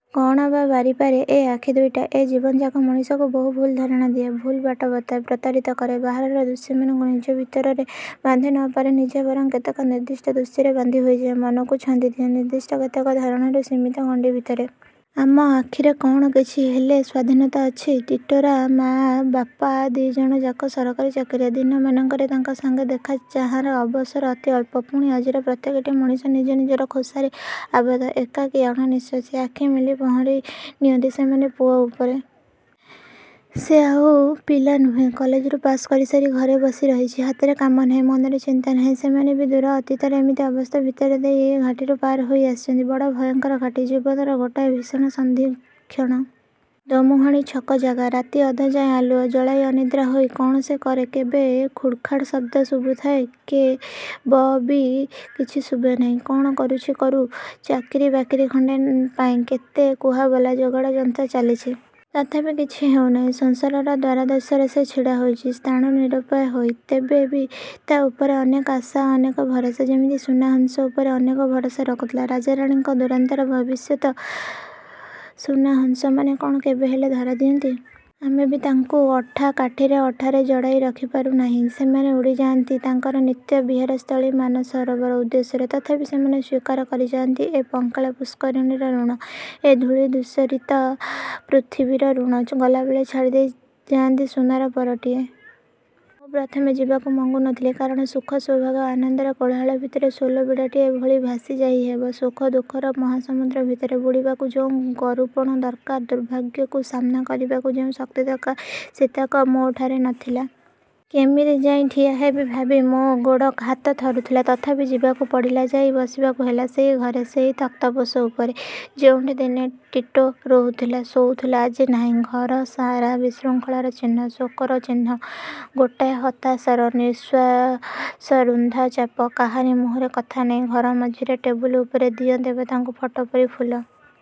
କ'ଣ ବା ବାରିପାରେ ଏ ଆଖି ଦୁଇଟା? ୟେ ଜୀବନଯାକ ମଣିଷକୁ ବହୁ ଭୁଲ ଧାରଣା ଦିଏ, ଭୁଲ ବାଟ ବତାଏ, ପ୍ରତାରିତ କରେ। ବାହାରର ଦୃଶ୍ୟମାନଙ୍କୁ ନିଜ ଭିତରେ ବାନ୍ଧି ନ ପାରି ନିଜେ ବରଂ କେତେକ ନିର୍ଦ୍ଦିଷ୍ଟ ଦୃଶ୍ୟରେ ବାନ୍ଧି ହୋଇଯାଏ। ମନକୁ ଛନ୍ଦି ଦିଏ ନିର୍ଦ୍ଦିଷ୍ଟ କେତେକ ଧାରଣାରୁ ସୀମିତ ଗଣ୍ଡି ଭିତରେ-। ଆମ ଆଖିର କ'ଣ କିଛି ହେଲେ ସ୍ୱାଧୀନତା ଅଛି? ଟିଟୋର ମାଆ ବାପ ଦି'ଜଣ ଯାକ ସରକାରୀ ଚାକିରିଆ। ଦିନମାନଙ୍କରେ ତାଙ୍କ ସଙ୍ଗେ ଦେଖା ଚାହାଁର ଅବସର ଅତି ଅଳ୍ପ। ପୁଣି ଆଜିର ପ୍ରତ୍ୟେକଟି ମଣିଷ ନିଜେ ନିଜର ଖୋସାରେ ଆବଦ୍ଧ ଏକାକୀ ଅଣନିଃଶ୍ୱାସୀ। ଆଖି ମେଲି ପହଁରେଇ ନିଅନ୍ତି ସେମାନେ ପୁଅ ଉପରେ।। ସେ ଆଉ ପିଲା ନୁହେଁ। କଲେଜରୁ ପାଶ୍ କରିସାରି ଘରେ ବସି ରହିଛି। ହାତରେ କାମ ନାହିଁ, ମନରେ ଚିନ୍ତା ନାହିଁ। ସେମାନେ ବି ଦୂର ଅତୀତରେ ଏମିତି ଅବସ୍ଥା ଭିତର ଦେଇ ଏ ଘାଟିକୁ ପାର ହୋଇ ଆସିଛନ୍ତି। ବଡ଼ ଭୟଙ୍କର ଘାଟି। ଜୀବନର ଗୋଟାଏ ଭୀଷଣ ସନ୍ଧୀକ୍ଷଣ। ଦୋମୁହାଁଣି ଛକ ଜାଗା। ରାତି ଅଧଯାଏଁ ଆଲୁଅ ଜଳାଇ ଅନିଦ୍ରା ହୋଇ କ'ଣ ସେ କରେ? କେବେ ଖୁଡ଼ଖାଡ଼ ଶବ୍ଦ ଶୁଭୁଥାଏ କେ ବ ବି କିଛି ଶୁଭେ ନାହିଁ। କ'ଣ କରୁଛି କରୁ। ଚାକିରି ବାକିରୀ ଖଣ୍ଡେ ପାଇଁ କେତେ କୁହାବୋଲା ଯୋଗାଡ଼ ଯନ୍ତ୍ର ଚାଲିଛି। ତଥାପି କିଛି ହେଉ ନାହିଁ... ସଂସାରର ଦ୍ୱାରଦେଶରେ ସେ ଛିଡ଼ା ହୋଇଛି ସ୍ଥାଣୁ, ନିରୁପାୟ ହୋଇ ତେବେ ବି ତା' ଉପରେ ଅନେକ ଆଶା ଅନେକ ଭରସା। ଯେମିତି ସୁନା ହଂସ ଉପରେ ଅନେକ ଭରସା ରଖିଥିଲା... ରାଜରାଣୀଙ୍କ ଦୂରାନ୍ତରର ଭବିଷ୍ୟତ। ସୁନା ହଂସମାନେ କ'ଣ କେବେ ହେଲେ ଧରା ଦିଅନ୍ତି? ଆମେ ବି ତାଙ୍କୁ ଅଠାକାଠିର ଅଠାରେ ଜଡ଼ାଇ ରଖି ପାରୁନାହିଁ ସେମାନେ ଉଡ଼ିଯାଆନ୍ତି ତାଙ୍କର ନିତ୍ୟ ବିହାର ସ୍ଥଳୀ ମାନସରୋବର ଉଦ୍ଦେଶ୍ୟରେ। ତଥାପି ସେମାନେ ସ୍ୱୀକାର କରିଯାଆନ୍ତି ଏ ପଙ୍କିଳ ପୁଷ୍କରିଣୀର ଋଣ, ଏ ଧୂଳିଧୂସରିତା ପୃଥିବୀର ଋଣ। ଗଲାବେଳେ ଛାଡ଼ିଦେଇ ଯାଆନ୍ତି ସୁନାର ପରଟିଏ। ମୁଁ ପ୍ରଥମେ ଯିବାକୁ ମଙ୍ଗୁ ନ ଥିଲି କାରଣ ସୁଖ ସୌଭାଗ୍ୟ ଆନନ୍ଦର କୋଳାହଳ ଭିତରେ, ସୋଲ ବିଡ଼ାଟିଏ ଭଳି ଭାସି ଯାଇହେବ। ଶୋକ– ଦୁଃଖର ମହାସମୁଦ୍ର ଭିତରେ ବୁଡ଼ିବାକୁ ଯଉଁ ଗରୁପଣ ଦରକାର, ଦୁର୍ଭାଗ୍ୟକୁ ସାମ୍ନା କରିବାକୁ ଯେଉଁ ଶକ୍ତି ଦରକାର, ସେତକ ମୋ'ଠାରେ ନଥିଲା। କେମିତି ଯାଇ ଠିଆ ହେବି ଭାବି ମୋ' ଗୋଡ଼ ହାତ ଥରୁଥିଲା ତଥାପି ଯିବାକୁ ପଡ଼ିଲା ଯାଇ ବସିବାକୁ ହେଲା ସେଇଘରେ ସେଇ ତକ୍ତପୋଷ ଉପରେ। ଯେଉଁଠି ଦିନେ ଟିଟୋ ରହୁଥିଲା ଶୋଉଥିଲା ଆଜି ନାହିଁ। ଘରସାରା ବିଶୃଙ୍ଖଳାର ଚିହ୍ନ, ଶୋକର ଚିହ୍ନ ଗୋଟାଏ ହତାଶାର, ନିଃଶ୍ୱାସରୁନ୍ଧା ଚାପ, କାହାରି ମୁହଁରେ କଥା ନାହିଁ। ଘର ମଝିରେ, ଟେବୁଲ ଉପରେ, ଦିଅଁ ଦେବତାଙ୍କ ଫଟୋପରି, ଫୁଲ,